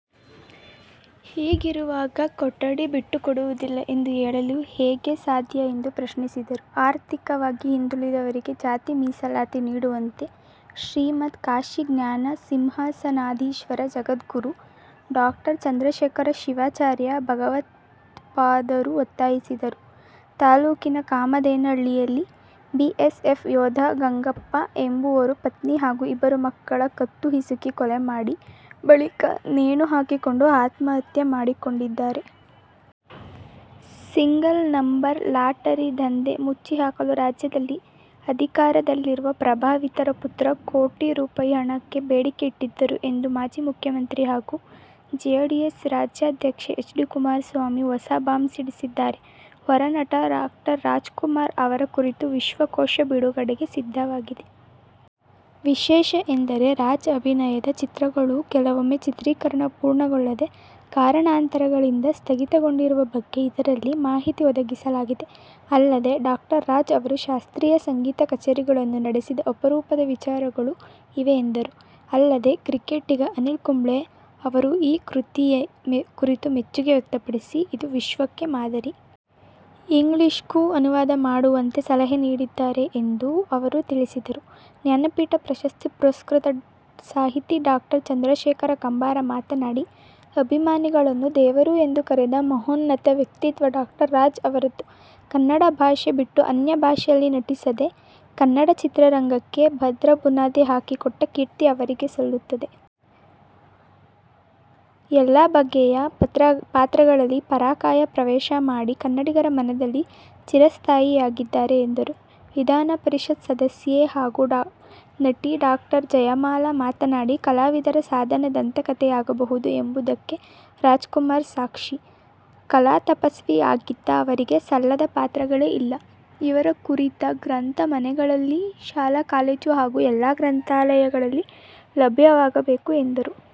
ಹೀಗಿರುವಾಗ ಕೊಠಡಿ ಬಿಟ್ಟುಕೊಡುವುದಿಲ್ಲ ಎಂದು ಹೇಳಲು ಹೇಗೆ ಸಾಧ್ಯಎಂದು ಪ್ರಶ್ನಿಸಿದರು. ಆರ್ಥಿಕವಾಗಿ ಹಿಂದುಳಿದವರಿಗೆ ಜಾತಿ ಮೀಸಲಾತಿ ನೀಡುವಂತೆ ಶ್ರೀಮದ್ ಕಾಶಿ ಜ್ಞಾನ ಸಿಂಹಾಸನಾಧೀಶ್ವರ ಜಗದ್ಗುರು ಡಾ ಚಂದ್ರಶೇಖರ ಶಿವಾಚಾರ್ಯ ಭಗವತ್ಪಾದರು ಒತ್ತಾಯಿಸಿದರು. ತಾಲೂಕಿನ ಕಾಮಧೇನ ಹಳ್ಳಿಯಲ್ಲಿ ಬಿಎಸ್ಎಫ್ ಯೋಧ ಗಂಗಪ್ಪ ಎಂಬುವರು ಪತ್ನಿ ಹಾಗೂ ಇಬ್ಬರು ಮಕ್ಕಳ ಕತ್ತು ಹಿಸುಕಿ ಕೊಲೆ ಮಾಡಿ, ಬಳಿಕ ನೇಣು ಹಾಕಿಕೊಂಡು ಆತ್ಮಹತ್ಯೆ ಮಾಡಿಕೊಂಡಿದ್ದಾರೆ. ಸಿಂಗಲ್ ನಂಬರ್ ಲಾಟರಿ ದಂಧೆ ಮುಚ್ಚಿಹಾಕಲು ರಾಜ್ಯದಲ್ಲಿ ಅಧಿಕಾರದಲ್ಲಿರುವ ಪ್ರಭಾವಿಯೊಬ್ಬರ ಪುತ್ರ ಕೋಟಿ ರೂ. ಹಣಕ್ಕೆ ಬೇಡಿಕೆ ಇಟ್ಟಿದ್ದರು ಎಂದು ಮಾಜಿ ಮುಖ್ಯಮಂತ್ರಿ ಹಾಗೂ ಜೆಡಿಎಸ್ ರಾಜ್ಯಾಧ್ಯಕ್ಷ ಎಚ್. ಡಿ. ಕುಮಾರಸ್ವಾಮಿ ಹೊಸ ಬಾಂಬ್ ಸಿಡಿಸಿದ್ದಾರೆ. ವರನಟ ಡಾ. ರಾಜ್ಕುಮಾರ್ ಅವರ ಕುರಿತ ವಿಶ್ವಕೋಶ ಬಿಡುಗಡೆಗೆ ಸಿದ್ಧವಾಗಿದೆ. ವಿಶೇಷ ಎಂದರೆ ರಾಜ್ ಅಭಿನಯನದ ಚಿತ್ರಗಳೂ ಕೆಲವೊಮ್ಮೆ ಚಿತ್ರೀಕರಣ ಪೂರ್ಣಗೊಳ್ಳದೆ ಕಾರಣಾಂತರಗಳಿಂದ ಸ್ಥಗಿತಗೊಂಡಿರುವ ಬಗ್ಗೆ ಇದರಲ್ಲಿ ಮಾಹಿತಿ ಒದಗಿಸಲಾಗಿದೆ. ಅಲ್ಲದೆ, ಡಾ. ರಾಜ್ ಅವರು ಶಾಸ್ತ್ರೀಯ ಸಂಗೀತ ಕಛೇರಿಗಳನ್ನು ನಡೆಸಿದ ಅಪರೂಪದ ವಿಚಾರಗಳು ಇವೆ ಎಂದರು. ಅಲ್ಲದೆ, ಕ್ರಿಕೆಟಿಗ ಅನಿಲ್ ಕುಂಬ್ಳೆ ಅವರು ಈ ಕೃತಿ ಕುರಿತು ಮೆಚ್ಚುಗೆ ವ್ಯಕ್ತಪಡಿಸಿ, ಇದು ವಿಶ್ವಕ್ಕೆ ಮಾದರಿ. ಇಂಗ್ಲಿಷ್ಗೂ ಅನುವಾದ ಮಾಡುವಂತೆ ಸಲಹೆ ನೀಡಿದ್ದಾರೆ ಎಂದೂ ಅವರು ತಿಳಿಸಿದರು. ಜ್ಞಾನಪೀಠ ಪ್ರಶಸ್ತಿ ಪುರಸ್ಕೃತ ಸಾಹಿತಿ ಡಾ. ಚಂದ್ರಶೇಖರ ಕಂಬಾರ ಮಾತನಾಡಿ, ಅಭಿಮಾನಿಗಳನ್ನು ದೇವರು ಎಂದು ಕರೆದ ಮಹೋನ್ನತ ವ್ಯಕ್ತಿತ್ವ ಡಾ. ರಾಜ್ ಅವರದ್ದು. ಕನ್ನಡ ಭಾಷೆ ಬಿಟ್ಟು, ಅನ್ಯ ಭಾಷೆಯಲ್ಲಿ ನಟಿಸದೆ ಕನ್ನಡ ಚಿತ್ರರಂಗಕ್ಕೆ ಭದ್ರ ಬುನಾದಿ ಹಾಕಿಕೊಟ್ಟ ಕೀರ್ತಿ ಅವರಿಗೆ ಸಲ್ಲುತ್ತದೆ. ಎಲ್ಲಾ ಬಗೆಯ ಪಾತ್ರಗಳಲ್ಲಿ ಪರಾಕಾಯ ಪ್ರವೇಶ ಮಾಡಿ ಕನ್ನಡಿಗರ ಮನದಲ್ಲಿ ಚಿರಸ್ಥಾಯಿಯಾಗಿದ್ದಾರೆ ಎಂದರು. ವಿಧಾನಪರಿಷತ್ ಸದಸ್ಯೆ ಹಾಗೂ ನಟಿ ಡಾ. ಜಯಮಾಲಾ ಮಾತನಾಡಿ, ಕಲಾವಿದರ ಸಾಧನೆ ದಂತಕಥೆಯಾಗಬಹುದು ಎಂಬುದಕ್ಕೆ ರಾಜ್ಕುಮಾರ್ ಸಾಕ್ಷಿ. ಕಲಾತಪಸ್ವಿ ಆಗಿದ್ದ ಅವರಿಗೆ ಸಲ್ಲದ ಪಾತ್ರಗಳೇ ಇಲ್ಲ. ಇವರ ಕುರಿತ ಗ್ರಂಥ ಮನೆಗಳಲ್ಲಿ, ಶಾಲಾ-ಕಾಲೇಜು ಹಾಗೂ ಎಲ್ಲಾ ಗ್ರಂಥಾಲಯಗಳಲ್ಲಿ ಲಭ್ಯವಾಗಬೇಕು ಎಂದರು.